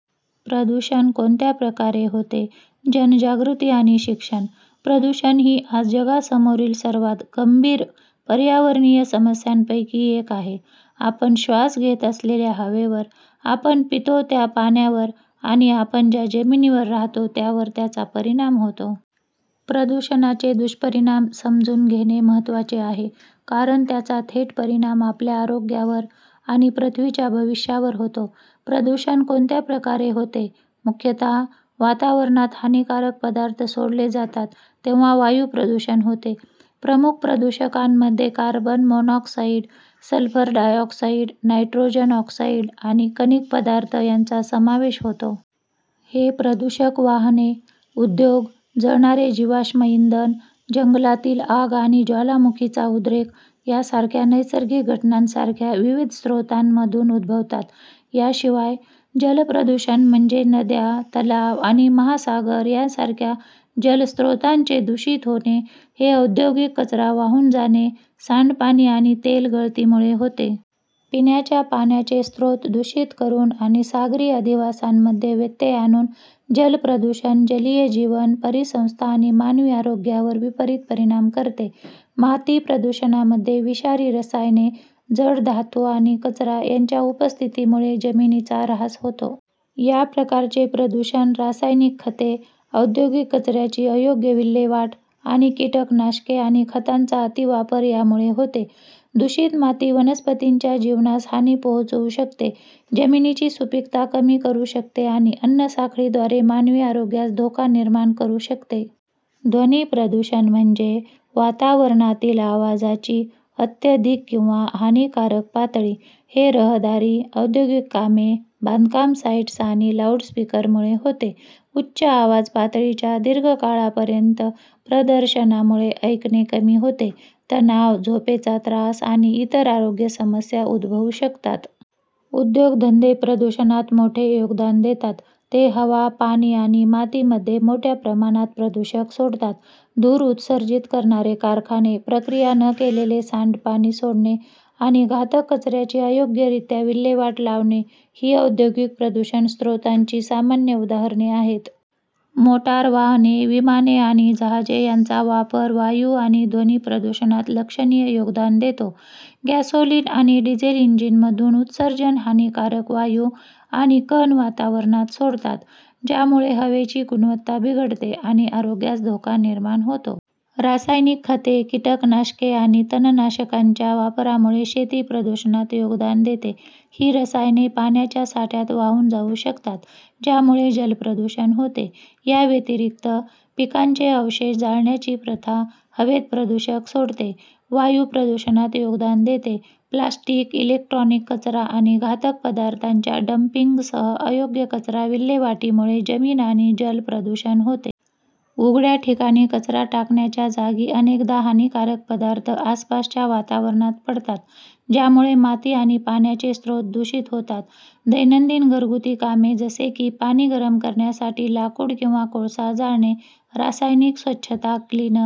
प्रदूषण कोणत्या प्रकारे होते, जनजागृती आणि शिक्षण. प्रदूषण ही आज जगासमोरील सर्वात गंभीर पर्यावरणीय समस्यांपैकी एक आहे. आपण श्वास घेत असलेल्या हवेवर, आपण पितो त्या पाण्यावर आणि आपण ज्या जमिनीवर राहतो त्यावर त्याचा परिणाम होतो. प्रदूषणाचे दुष्परिणाम समजून घेणे महत्त्वाचे आहे, कारण त्याचा थेट परिणाम आपल्या आरोग्यावर आणि पृथ्वीच्या भविष्यावर होतो. प्रदूषण कोणत्या प्रकारे होते. मुख्यतः वातावरणात हानिकारक पदार्थ सोडले जातात तेव्हा वायू प्रदूषण होते. प्रमुख प्रदूषकांमध्ये carbon monoxide, sulphur dioxide, nitrogen oxide आणि कणिक पदार्थ यांचा समावेश होतो. हे प्रदूषक वाहने, उद्योग, जळणारे जीवाश्म इंधन, जंगलातील आग आणि ज्वालामुखीचा उद्रेक यासारख्या नैसर्गिक घटनांसारख्या विविध स्रोतांमधून उद्भवतात. याशिवाय, जलप्रदूषण म्हणजे नद्या, तलाव आणि महासागर यांसारख्या जलस्रोतांचे दूषित होणे. हे औद्योगिक कचरा वाहून जाणे, सांडपाणी आणि तेल गळतीमुळे होते. पिण्याच्या पाण्याचे स्रोत दूषित करून आणि सागरी अधिवासांमध्ये व्यत्यय आणून जलप्रदूषण जलीय जीवन, परिसंस्था आणि मानवी आरोग्यावर विपरीत परिणाम करते. माती प्रदूषणामध्ये विषारी रसायने, जड धातू आणि कचरा यांच्या उपस्थितीमुळे जमिनीचा ऱ्हास होतो. या प्रकारचे प्रदूषण रासायनिक खते, औद्योगिक कचऱ्याची अयोग्य विल्हेवाट आणि कीटकनाशके आणि खतांचा अतिवापर यामुळे होते. दूषित माती वनस्पतींच्या जीवनास हानी पोहोचवू शकते, जमिनीची सुपीकता कमी करू शकते आणि अन्न साखळीद्वारे मानवी आरोग्यास धोका निर्माण करू शकते. ध्वनी प्रदूषण म्हणजे वातावरणातील आवाजाची अत्यधिक किंवा हानिकारक पातळी. हे रहदारी, औद्योगिक कामे, बांधकाम साइट्स आणि लाऊडस्पीकरमुळे होते. उच्च आवाज पातळीच्या दीर्घकाळापर्यंत प्रदर्शनामुळे ऐकणे कमी होते, तणाव, झोपेचा त्रास आणि इतर आरोग्य समस्या उद्भवू शकतात. उद्योगधंदे प्रदूषणात मोठे योगदान देतात. ते हवा, पाणी आणि मातीमध्ये मोठ्या प्रमाणात प्रदूषक सोडतात. धूर उत्सर्जित करणारे कारखाने, प्रक्रिया न केलेले सांडपाणी सोडणे आणि घातक कचऱ्याची अयोग्यरित्या विल्हेवाट लावणे ही औद्योगिक प्रदूषण स्रोतांची सामान्य उदाहरणे आहेत. मोटार वाहने, विमाने आणि जहाजे यांचा वापर वायू आणि ध्वनी प्रदूषणात लक्षणीय योगदान देतो. गॅसोलीन आणि डिझेल इंजिनमधून उत्सर्जन हानिकारक वायू आणि कण वातावरणात सोडतात, ज्यामुळे हवेची गुणवत्ता बिघडते आणि आरोग्यास धोका निर्माण होतो. रासायनिक खते, कीटकनाशके आणि तणनाशकांच्या वापरामुळे शेती प्रदूषणात योगदान देते. ही रसायने पाण्याच्या साठ्यात वाहून जाऊ शकतात, ज्यामुळे जलप्रदूषण होते. याव्यतिरिक्त, पिकांचे अवशेष जाळण्याची प्रथा हवेत प्रदूषक सोडते, वायू प्रदूषणात योगदान देते. प्लास्टिक, इलेक्ट्रॉनिक कचरा आणि घातक पदार्थांच्या डंपिंगसह अयोग्य कचरा विल्हेवाटीमुळे जमीन आणि जल प्रदूषण होते. उघड्या ठिकाणी कचरा टाकण्याच्या जागी अनेकदा हानिकारक पदार्थ आसपासच्या वातावरणात पडतात, ज्यामुळे माती आणि पाण्याचे स्रोत दूषित होतात. दैनंदिन घरगुती कामे जसे की पाणी गरम करण्यासाठी लाकूड किंवा कोळसा जाळणे, रासायनिक स्वच्छता क्लिनर.